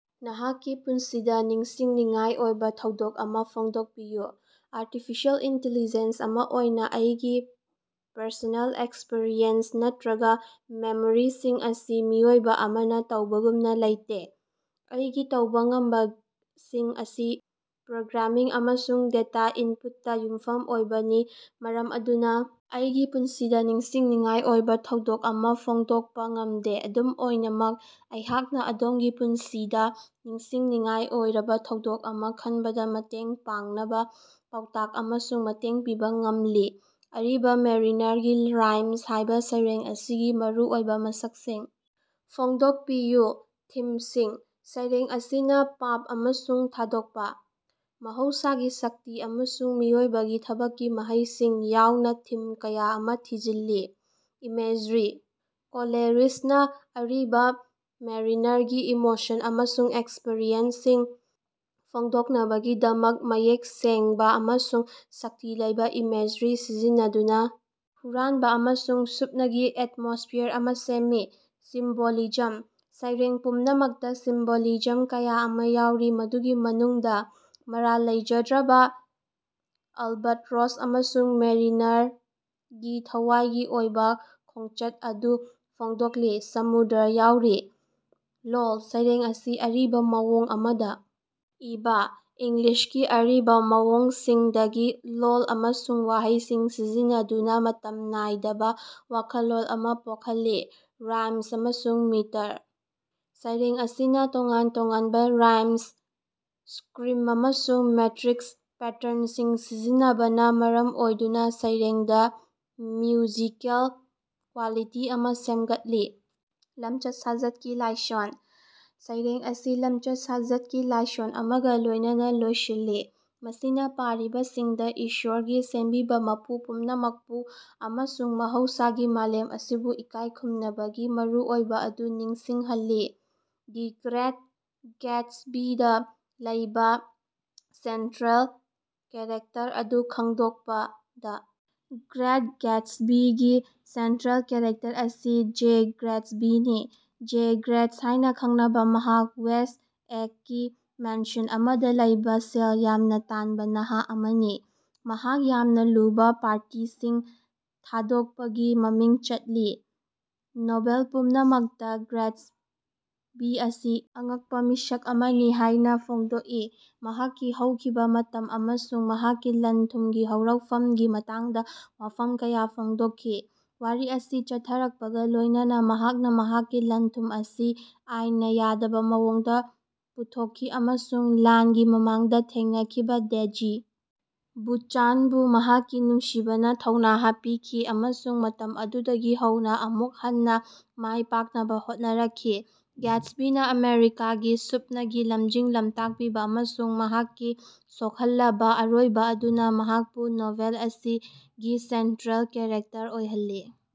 ꯅꯍꯥꯛꯀꯤ ꯄꯨꯟꯁꯤꯗ ꯅꯤꯡꯁꯤꯡꯅꯤꯡꯉꯥꯏ ꯑꯣꯏꯕ ꯊꯧꯗꯣꯛ ꯑꯃ ꯐꯣꯡꯗꯣꯛꯄꯤꯌꯨ꯫ ꯑꯔꯇꯤꯐꯤꯁꯦꯜ ꯏꯟꯇꯤꯂꯤꯖꯦꯟꯁ ꯑꯃ ꯑꯣꯏꯅ ꯑꯩꯒꯤ ꯄꯔꯁꯣꯅꯦꯜ ꯑꯦꯛꯁꯄꯤꯔꯤꯌꯦꯟꯁ ꯅꯠꯇ꯭ꯔꯒ ꯃꯦꯃꯣꯔꯤꯁꯤꯡ ꯑꯁꯤ ꯃꯤꯑꯣꯏꯕ ꯑꯃꯅ ꯇꯧꯕꯒꯨꯝꯅ ꯂꯩꯇꯦ꯫ ꯑꯩꯒꯤ ꯇꯧꯕ ꯉꯝꯕꯁꯤꯡ ꯑꯁꯤ ꯄ꯭ꯔꯣꯒ꯭ꯔꯥꯃꯤꯡ ꯑꯃꯁꯨꯡ ꯗꯦꯇꯥ ꯏꯟꯄꯨꯠꯇꯥ ꯌꯨꯝꯐꯝ ꯑꯣꯏꯕꯅꯤ, ꯃꯔꯝ ꯑꯗꯨꯅ ꯑꯩꯒꯤ ꯄꯨꯟꯁꯤꯗ ꯅꯤꯡꯁꯤꯡꯅꯤꯡꯉꯥꯏ ꯑꯣꯏꯕ ꯊꯧꯗꯣꯛ ꯑꯃ ꯐꯣꯡꯗꯣꯛꯄ ꯉꯝꯗꯦ꯫ ꯑꯗꯨꯝ ꯑꯣꯏꯅꯃꯛ, ꯑꯩꯍꯥꯛꯅ ꯑꯗꯣꯝꯒꯤ ꯄꯨꯟꯁꯤꯗ ꯅꯤꯡꯁꯤꯡꯅꯤꯡꯉꯥꯏ ꯑꯣꯏꯔꯕ ꯊꯧꯗꯣꯛ ꯑꯃ ꯈꯟꯕꯗꯥ ꯃꯇꯦꯡ ꯄꯥꯡꯅꯕ ꯄꯥꯎꯇꯥꯛ ꯑꯃꯁꯨꯡ ꯃꯇꯦꯡ ꯄꯤꯕ ꯉꯝꯂꯤ꯫ "ꯑꯔꯤꯕꯥ ꯃꯦꯔꯤꯅꯔꯒꯤ ꯔꯥꯏꯝ" ꯍꯥꯏꯕ ꯁꯩꯔꯦꯡ ꯑꯁꯤꯒꯤ ꯃꯔꯨꯑꯣꯏꯕ ꯃꯁꯛꯁꯤꯡ ꯐꯣꯡꯗꯣꯛꯄꯤꯌꯨ꯫ ꯊꯤꯝꯁꯤꯡ: ꯁꯩꯔꯦꯡ ꯑꯁꯤꯅ ꯄꯥꯞ ꯑꯃꯁꯨꯡ ꯊꯥꯗꯣꯛꯄ, ꯃꯍꯧꯁꯥꯒꯤ ꯁꯛꯇꯤ, ꯑꯃꯁꯨꯡ ꯃꯤꯑꯣꯏꯕꯒꯤ ꯊꯕꯛꯀꯤ ꯃꯍꯩꯁꯤꯡ ꯌꯥꯎꯅ ꯊꯤꯝ ꯀꯌꯥ ꯑꯃ ꯊꯤꯖꯤꯜꯂꯤ꯫ ꯏꯃꯦꯖꯔꯤ: ꯀꯣꯂꯦꯔꯤꯖꯅꯥ ꯑꯔꯤꯕ ꯃꯦꯔꯤꯅꯔꯒꯤ ꯏꯃꯣꯁꯟ ꯑꯃꯁꯨꯡ ꯑꯦꯛꯁꯄꯤꯔꯤꯌꯦꯟꯁꯁꯤꯡ ꯐꯣꯡꯗꯣꯛꯅꯕꯒꯤꯗꯃꯛ ꯃꯌꯦꯛ ꯁꯦꯡꯕ ꯑꯃꯁꯨꯡ ꯁꯛꯇꯤ ꯂꯩꯕ ꯏꯃꯦꯖꯔꯤ ꯁꯤꯖꯤꯟꯅꯗꯨꯅ ꯍꯨꯔꯥꯟꯕ ꯑꯃꯁꯨꯡ ꯁꯨꯞꯅꯒꯤ ꯑꯦꯠꯃꯣꯁꯐꯤꯌꯥꯔ ꯑꯃ ꯁꯦꯝꯃꯤ꯫ ꯁꯤꯝꯕꯣꯂꯤꯖꯝ: ꯁꯩꯔꯦꯡ ꯄꯨꯝꯅꯃꯛꯇꯥ ꯁꯤꯝꯕꯣꯂꯤꯖꯝ ꯀꯌꯥ ꯑꯃ ꯌꯥꯎꯔꯤ, ꯃꯗꯨꯒꯤ ꯃꯅꯨꯡꯗ ꯃꯔꯥꯜ ꯂꯩꯖꯗ꯭ꯔꯕꯥ ꯑꯜꯕꯠꯔꯣꯁ ꯑꯃꯁꯨꯡ ꯃꯦꯔꯤꯅꯔꯒꯤ ꯊꯋꯥꯏꯒꯤ ꯑꯣꯏꯕ ꯈꯣꯡꯆꯠ ꯑꯗꯨ ꯐꯣꯡꯗꯣꯛꯂꯤꯕ ꯁꯃꯨꯗ꯭ꯔ ꯌꯥꯎꯔꯤ꯫ ꯂꯣꯜ: ꯁꯩꯔꯦꯡ ꯑꯁꯤ ꯑꯔꯤꯕ ꯃꯑꯣꯡ ꯑꯃꯗ ꯏꯕꯥ, ꯏꯪꯂꯤꯁꯀꯤ ꯑꯔꯤꯕ ꯃꯑꯣꯡꯁꯤꯡꯗꯒꯤ ꯂꯣꯜ ꯑꯃꯁꯨꯡ ꯋꯥꯍꯩꯁꯤꯡ ꯁꯤꯖꯤꯟꯅꯗꯨꯅ ꯃꯇꯝ ꯅꯥꯏꯗꯕ ꯋꯥꯈꯜꯂꯣꯟ ꯑꯃ ꯄꯣꯛꯍꯜꯂꯤ꯫ ꯔꯥꯏꯝ ꯑꯃꯁꯨꯡ ꯃꯤꯇꯔ: ꯁꯩꯔꯦꯡ ꯑꯁꯤꯅ ꯇꯣꯉꯥꯟ ꯇꯣꯉꯥꯟꯕ ꯔꯥꯏꯝ ꯁ꯭ꯀꯤꯝ ꯑꯃꯁꯨꯡ ꯃꯦꯇ꯭ꯔꯤꯛ ꯄꯦꯇ꯭ꯔꯟꯁꯤꯡ ꯁꯤꯖꯤꯟꯅꯕꯅ ꯃꯔꯝ ꯑꯣꯏꯗꯨꯅ ꯁꯩꯔꯦꯡꯗ ꯃ꯭ꯌꯨꯖꯤꯀꯦꯜ ꯀ꯭ꯋꯥꯂꯤꯇꯤ ꯑꯃ ꯁꯦꯝꯒꯠꯂꯤ꯫ ꯂꯝꯆꯠ-ꯁꯥꯖꯠꯀꯤ ꯂꯥꯏꯁꯣꯟ: ꯁꯩꯔꯦꯡ ꯑꯁꯤ ꯂꯝꯆꯠ-ꯁꯥꯖꯠꯀꯤ ꯂꯥꯏꯁꯣꯟ ꯑꯃꯒ ꯂꯣꯏꯅꯅꯥ ꯂꯣꯏꯁꯤꯜꯂꯤ, ꯃꯁꯤꯅ ꯄꯥꯔꯤꯕꯁꯤꯡꯗ ꯏꯁ꯭ꯕꯔꯒꯤ ꯁꯦꯝꯕꯤꯕꯥ ꯃꯄꯨ ꯄꯨꯝꯅꯃꯛꯄꯨ ꯑꯃꯁꯨꯡ ꯃꯍꯧꯁꯥꯒꯤ ꯃꯥꯂꯦꯝ ꯑꯁꯤꯕꯨ ꯏꯀꯥꯏ ꯈꯨꯝꯅꯕꯒꯤ ꯃꯔꯨꯑꯣꯏꯕ ꯑꯗꯨ ꯅꯤꯡꯁꯤꯡꯍꯜꯂꯤ꯫ ꯗ ꯒ꯭ꯔꯦꯠ ꯒꯦꯠꯁꯕꯤꯗꯥ ꯂꯩꯕ ꯁꯦꯟꯇ꯭ꯔꯦꯜ ꯀꯦꯔꯦꯛꯇꯔ ꯑꯗꯨ ꯈꯪꯗꯣꯛꯄꯥ꯫ ꯗ ꯒ꯭ꯔꯦꯠ ꯒꯦꯠꯁꯕꯤꯒꯤ ꯁꯦꯟꯇ꯭ꯔꯦꯜ ꯀꯦꯔꯦꯛꯇꯔ ꯑꯁꯤ ꯖꯦ ꯒꯦꯠꯁꯕꯤꯅꯤ꯫ ꯖꯦ ꯒꯦꯠꯁ ꯍꯥꯏꯅ ꯈꯪꯅꯕ ꯃꯍꯥꯛ ꯋꯦꯁ꯭ꯠ ꯑꯦꯒꯀꯤ ꯃꯦꯟꯁꯟ ꯑꯃꯗ ꯂꯩꯕ ꯁꯦꯜ ꯌꯥꯝꯅ ꯇꯥꯟꯕ ꯅꯍꯥ ꯑꯃꯅꯤ, ꯃꯍꯥꯛ ꯌꯥꯝꯅ ꯂꯨꯕ ꯄꯥꯔꯇꯤꯁꯤꯡ ꯊꯥꯗꯣꯛꯄꯒꯤ ꯃꯃꯤꯡ ꯆꯠꯂꯤ꯫ ꯅꯣꯚꯦꯜ ꯄꯨꯝꯅꯃꯛꯇꯥ ꯒꯦꯠꯁꯕꯤ ꯑꯁꯤ ꯑꯉꯛꯄꯥ ꯃꯤꯁꯛ ꯑꯃꯅꯤ ꯍꯥꯏꯅ ꯐꯣꯡꯗꯣꯛꯏ, ꯃꯍꯥꯛꯀꯤ ꯍꯧꯈꯤꯕ ꯃꯇꯝ ꯑꯃꯁꯨꯡ ꯃꯍꯥꯛꯀꯤ ꯂꯟ-ꯊꯨꯝꯒꯤ ꯍꯧꯔꯛꯐꯝꯒꯤ ꯃꯇꯥꯡꯗ ꯋꯥꯐꯝ ꯀꯌꯥ ꯐꯣꯡꯗꯣꯛꯈꯤ꯫ ꯋꯥꯔꯤ ꯑꯁꯤ ꯆꯠꯊꯔꯛꯄꯒꯥ ꯂꯣꯏꯅꯅꯥ ꯃꯍꯥꯛꯅ ꯃꯍꯥꯛꯀꯤ ꯂꯟ-ꯊꯨꯝ ꯑꯁꯤ ꯑꯥꯏꯟꯅꯥ ꯌꯥꯗꯕ ꯃꯑꯣꯡꯗ ꯄꯨꯊꯣꯛꯈꯤ ꯑꯃꯁꯨꯡ ꯂꯥꯟꯒꯤ ꯃꯃꯥꯡꯗ ꯊꯦꯡꯅꯈꯤꯕ ꯗꯦꯖꯤ ꯕꯨꯆꯥꯟꯅꯕꯨ ꯃꯍꯥꯛꯀꯤ ꯅꯨꯡꯁꯤꯕꯅ ꯊꯧꯅꯥ ꯍꯥꯞꯄꯤꯈꯤ ꯑꯃꯁꯨꯡ ꯃꯇꯝ ꯑꯗꯨꯗꯒꯤ ꯍꯧꯅꯥ ꯑꯃꯨꯛ ꯍꯟꯅꯥ ꯃꯥꯏ ꯄꯥꯛꯅꯕ ꯍꯣꯠꯅꯔꯛꯈꯤ꯫ ꯒꯦꯠꯁꯕꯤꯅꯥ ꯑꯃꯦꯔꯤꯀꯥꯒꯤ ꯁꯨꯞꯅꯒꯤ ꯂꯝꯖꯤꯡ ꯂꯝꯇꯥꯛꯄꯤꯕ ꯑꯃꯁꯨꯡ ꯃꯍꯥꯛꯀꯤ ꯁꯣꯛꯍꯜꯂꯕꯥ ꯑꯔꯣꯏꯕ ꯑꯗꯨꯅ ꯃꯍꯥꯛꯄꯨ ꯅꯣꯚꯦꯜ ꯑꯁꯤꯒꯤ ꯁꯦꯟꯇ꯭ꯔꯦꯜ ꯀꯦꯔꯦꯛꯇꯔ ꯑꯣꯏꯍꯜꯂꯤ꯫